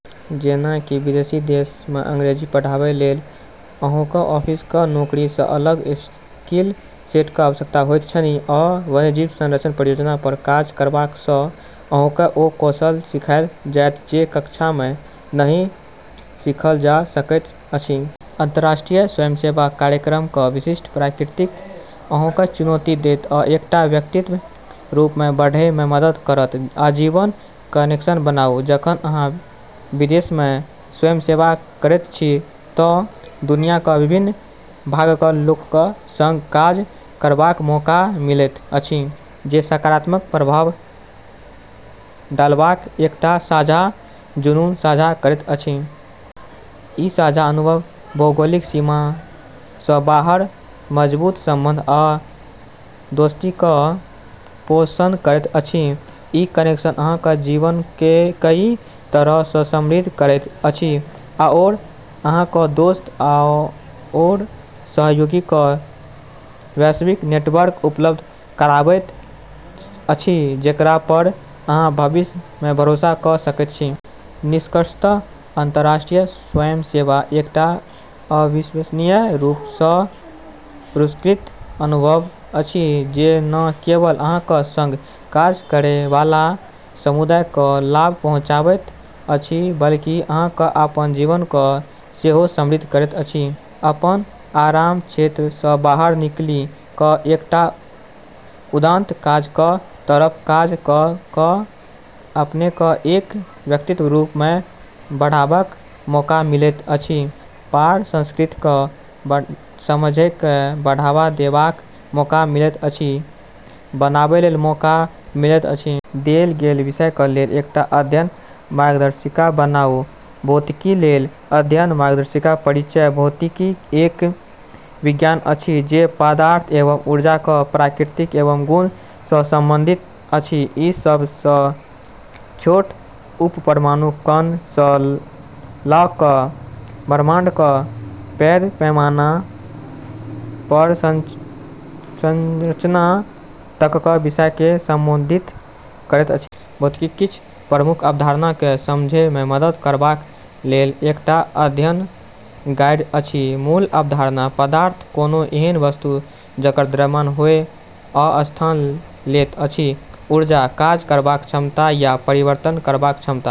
जेना कि विदेशी देश मे अंग्रेजी पढ़ाबै लेल अहाँकेँ ऑफिसक नौकरी सँ अलग स्किल सेटक आवश्यकता होइत छनि, आ वन्यजीव संरक्षण परियोजना पर काज करबा सँ अहाँकेँ ओ कौशल सिखाएल जायत जे कक्षा मे नहि सीखल जा सकैत अछि। अंतर्राष्ट्रीय स्वयंसेवा कार्यक्रमक विशिष्ट प्रकृति अहाँकेँ चुनौती देत आ एकटा व्यक्तिक रूप मे बढ़ै मे मदद करत। आजीवन कनेक्शन बनाउ जखन अहाँ विदेश मे स्वयंसेवा करैत छी तँ दुनियाक विभिन्न भागक लोकक संग काज करबाक मौका मिलैत अछि जे सकारात्मक प्रभाव डालबाक एकटा साझा जुनून साझा करैत छथि। ई साझा अनुभव भौगोलिक सीमा सँ बाहर मजबूत संबंध आ दोस्तीक पोषण करैत अछि। ई कनेक्शन अहाँक जीवनकेँ कई तरह सँ समृद्ध करैत अछि आओर अहाँकेँ दोस्त आओर सहयोगीक वैश्विक नेटवर्क उपलब्ध कराबैत अछि जेकरा पर अहाँ भविष्य मे भरोसा कऽ सकैत छी। निष्कर्षतः, अंतर्राष्ट्रीय स्वयंसेवा एकटा अविश्वसनीय रूप सँ पुरस्कृत अनुभव अछि जे न केवल अहाँक संग काज करै बला समुदायकेँ लाभ पहुँचाबैत अछि बल्कि अहाँक अपन जीवनकेँ सेहो समृद्ध करैत अछि। अपन आराम क्षेत्र सँ बाहर निकली कऽ एकटा उदात्त काजक तरफ काज कऽ कऽ अपनेकेँ एक व्यक्तिक रूप मे बढ़बाक मौका मिलैत अछि, पार-सांस्कृतिक समझकेँ बढ़ावा देबाक मौका मिलैत अछि, बनाबै लेल मौका मिलैत अछि। देल गेल विषयक लेल एकटा अध्ययन मार्गदर्शिका बनाउ। भौतिकीक लेल अध्ययन मार्गदर्शिका परिचय: भौतिकी एक विज्ञान अछि जे पदार्थ एवं ऊर्जाक प्रकृति एवं गुण सँ संबंधित अछि। ई सभ सँ छोट उपपरमाणु कण सँ लऽ कऽ ब्रह्मांडक पैघ पैमाना पर संरचना तकक विषयकेँ संबोधित करैत अछि। भौतिकीक किछ प्रमुख अवधारणाकेँ समझै मे मदद करबा लेल एकटा अध्ययन गाइड अछि। मूल अवधारणा: पदार्थ: कोनो एहन वस्तु जकर द्रव्यमान होए आ स्थान लैत अछि ऊर्जा: काज करबाक क्षमता या परिवर्तन करबाक क्षमता।